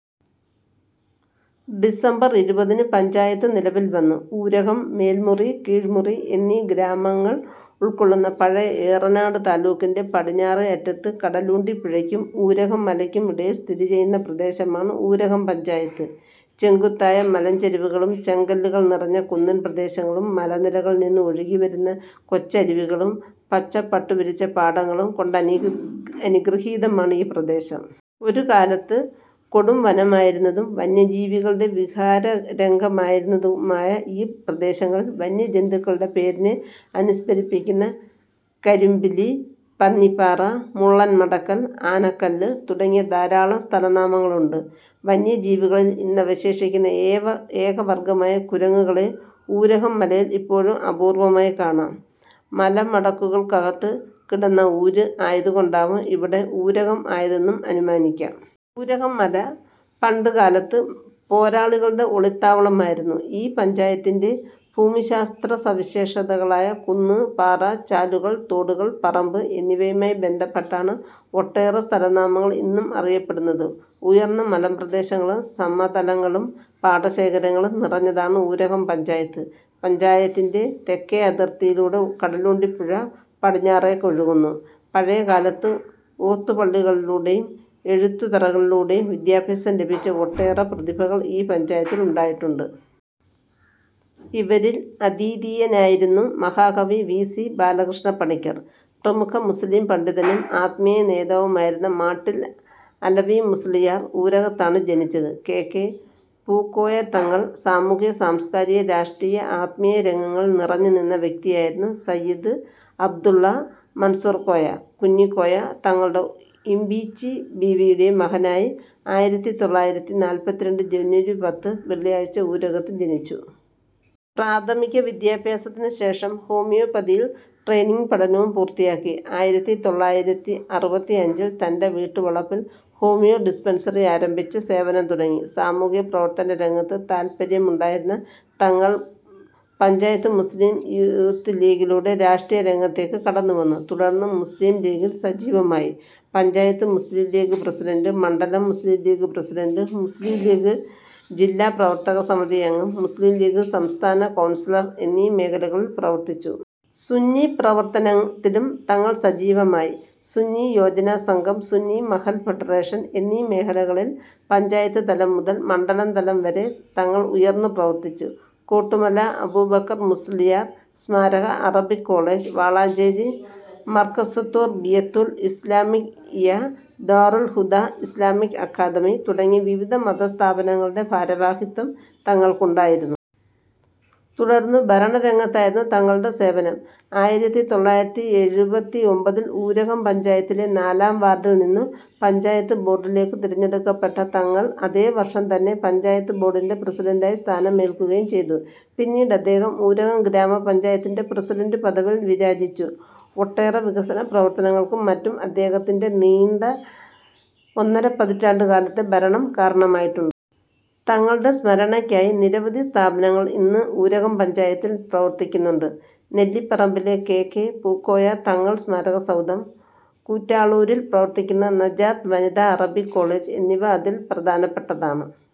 December ഇരുപതിന് പഞ്ചായത്ത് നിലവിൽ വന്നു. ഊരകം, മേൽമുറി, കീഴ്മുറി എന്നീ ഗ്രാമങ്ങളുൾകൊള്ളുന്ന പഴയ ഏറനാട് താലൂക്കിന്റെ പടിഞ്ഞാറേയറ്റത്ത് കടലുണ്ടിപുഴയ്ക്കും ഊരകം മലയ്ക്കും ഇടയിൽ സ്ഥിതി ചെയ്യുന്ന പ്രദേശമാണ് ഊരകം പഞ്ചായത്ത്. ചെങ്കുത്തായ മലഞ്ചരിവുകളും, ചെങ്കല്ലുകൾ നിറഞ്ഞ കുന്നിൻപ്രദേശങ്ങളും, മലനിരകളിൽ നിന്നും ഒഴുകിവരുന്ന കൊച്ചരുവികളും, പച്ചപ്പട്ടു വിരിച്ച പാടങ്ങളും കൊണ്ടനുഗ്രഅനുഗ്രഹീതമാണ് ഈ പ്രദേശം. ഒരുകാലത്ത് കൊടുംവനമായിരുന്നതും വന്യജീവികളുടെ വിഹാരരംഗമായിരുന്നതുമായ ഈ പ്രദേശങ്ങളിൽ വന്യജന്തുക്കളുടെ പേരിനെ അനുസ്മരിപ്പിക്കുന്ന കരിമ്പീലി, പന്നിപ്പാറ, മുള്ളൻ മടക്കൽ, ആനക്കല്ല് തുടങ്ങിയ ധാരാളം സ്ഥലനാമങ്ങളുണ്ട്. വന്യജീവികളിൽ ഇന്നവശേഷിക്കുന്നഏവ ഏകവർഗ്ഗമായ കുരങ്ങുകളെ ഊരകം മലയിൽ ഇപ്പോഴും അപൂർവ്വമായി കാണാം. "മലമടക്കുകൾക്കകത്ത് കിടന്ന ഊര്" ആയതുകൊണ്ടാവാം ഇവിടം "ഊരകം" ആയതെന്ന് അനുമാനിക്കാം. ഊരകംമല പണ്ടുകാലത്ത് പോരാളികളുടെ ഒളിത്താവളമായിരുന്നു. ഈ പഞ്ചായത്തിന്റെ ഭൂമിശാസ്ത്രസവിശേഷതകളായ കുന്ന്, പാറ, ചാലുകൾ, തോടുകൾ, പറമ്പ് എന്നിവയുമായി ബന്ധപ്പെട്ടാണ് ഒട്ടേറെ സ്ഥലനാമങ്ങൾ ഇന്നും അറിയപ്പെടുന്നത്. ഉയർന്ന മലമ്പ്രദേശങ്ങളും, സമതലങ്ങളും, പാടശേഖരങ്ങളും നിറഞ്ഞതാണ് ഊരകം പഞ്ചായത്ത്. പഞ്ചായത്തിന്റെ തെക്കേയതിർത്തിയിലൂടെ കടലുണ്ടിപ്പുഴ പടിഞ്ഞാറേക്കൊഴുകുന്നു. പഴയ കാലത്ത് ഓത്തുപള്ളികളിലൂടെയും എഴുത്തുതറകളിലൂടെയും വിദ്യാഭ്യാസം ലഭിച്ച ഒട്ടേറെ പ്രതിഭകൾ ഈ പഞ്ചായത്തിൽ ഉണ്ടായിട്ടുണ്ട്. ഇവരിൽ അദ്വിതീയനായിരുന്നു മഹാകവി വി. സി. ബാലകൃഷ്ണപ്പണിക്കർ. പ്രമുഖ മുസ്ലീം പണ്ഡിതനും ആത്മീയനേതാവുമായിരുന്ന മാട്ടിൽ അലവി മുസ്ളിയാർ ഊരകത്താണ് ജനിച്ചത്. കെ. കെ. പൂകോയതങ്ങൾ സാമൂഹ്യ സാംസ്കാരിക രാഷ്ട്രീയ ആത്മീയ രംഗങ്ങളിൽ നിറഞ്ഞു നിന്ന വ്യക്തിയായിരുന്നു സയ്യിദ് അബ്ദുള്ള മൻസൂർക്കോയ കുഞ്ഞിക്കോയ തങ്ങളു ഇംബിച്ചിബീവിയുടെയും മകനായി ആയിരത്തിതൊള്ളായിരത്തിനാല്പത്തിരണ്ട്‍ ജനുവരി പത്ത് വെള്ളിയാഴ്ച ഊരകത്ത് ജനിച്ചു. പ്രാഥമിക വിദ്യഭ്യാസത്തിനുശേഷം ഹോമിയോ പതിയിൽ ട്രെയ്നിങ് പഠനവും പൂർത്തിയാക്കി. ആയിരത്തിത്തൊള്ളായിരത്തിഅറുപത്തിഅഞ്ചിൽ തന്റെ വീട്ടുവളപ്പിൽ ഹോമിയോ ഡിസ്പെൻസറി ആരംഭിച്ച് സേവനം തുടങ്ങി. സാമൂഹ്യപ്രവർത്തനരംഗത്ത് താൽപര്യമുണ്ടായിരുന്ന തങ്ങൾ പഞ്ചായത്ത് മുസ്ലിം യൂത്ത് ലീഗിലൂടെ രാഷ്ട്രീയ രംഗത്തേക്ക് കടന്നുവന്നു. തുടർന്ന് മുസ്ലിം ലീഗിൽ സജീവമായി. പഞ്ചായത്ത് മുസ്ലിം ലീഗ് പ്രസിഡണ്ട്, മണ്ഡലം മുസ്ലിം ലീഗ് പ്രസിഡണ്ട്, മുസ്ലിം ലീഗ് ജില്ലാ പ്രവർത്തക സമിതി അംഗം, മുസ്ലിം ലീഗ് സംസ്ഥാന കൗൺസിലർ എന്നീ മേഖലകളിൽ പ്രവർത്തിച്ചു. സുന്നി പ്രവർത്തനത്തിലും തങ്ങൾ സജീവമായി. സുന്നി യോജന സംഘം, സുന്നി മഹല്ല് ഫെഡറേഷൻ എന്നീ മേഖലകളിൽ പഞ്ചായത്ത് തലം മുതൽ മണ്ഡലം തലം വരെ തങ്ങൾ ഉയർന്ന് പ്രവർത്തിച്ചു. കോട്ടുമല അബൂബക്കർ മുസ്ലിയാർ സമാരക Arabic College, Valanchery Markazuttarbiyyathul Islamiyya, Darul Huda Islamic Academy തുടങ്ങി വിവിധ മതസ്ഥാപനങ്ങളുടെ ഭാരവാഹിത്വവും തങ്ങൾക്കുണ്ടായിരുന്നു. തുടർന്ന് ഭരണരംഗത്തായിരുന്നു തങ്ങളുടെ സേവനം. ആയിരത്തിതൊള്ളായിരത്തിഎഴുത്തിഒമ്പതിൽ ഊരകം പഞ്ചായത്തിലെ നാലാം വാർഡിൽ നിന്നും പഞ്ചായത്ത് ബോർഡിലേക്ക് തിരഞ്ഞെടുക്കപ്പെട്ട തങ്ങൾ അതേ വർഷം തന്നെ പഞ്ചായത്ത് ബോർഡിന്റെ പ്രസിഡണ്ടായി സ്ഥാനമേൽക്കുകയും ചെയ്തു. പിന്നീട് അദ്ദേഹം ഊരകം ഗ്രാമ പഞ്ചായത്തിന്റെ പ്രസിഡണ്ട് പദവിയിൽ വിരാജിച്ചു. ഒട്ടേറെ വികസന പ്രവർത്തനങ്ങൾക്കും മറ്റും അദ്ദേഹത്തിന്റെ നീണ്ട ഒന്നരപതിറ്റാണ്ടുകാലത്തെ ഭരണം കാരണമായിട്ടുണ്ട്. തങ്ങളുടെ സ്മരണക്കായി നിരവധി സ്ഥാപനങ്ങൾ ഇന്ന് ഊരകം പഞ്ചായത്തിൽ പ്രവർത്തിക്കുന്നുണ്ട്. നെല്ലിപ്പറമ്പിലെ കെ. കെ. പൂക്കോയ തങ്ങൾ സ്മാരക സൗധം, കുറ്റാളൂരിൽ പ്രവർത്തിക്കുന്ന നജാത്ത് വനിത അറബിക് കോളേജ് എന്നിവ അതിൽ പ്രധാനപ്പെട്ടതാണ്.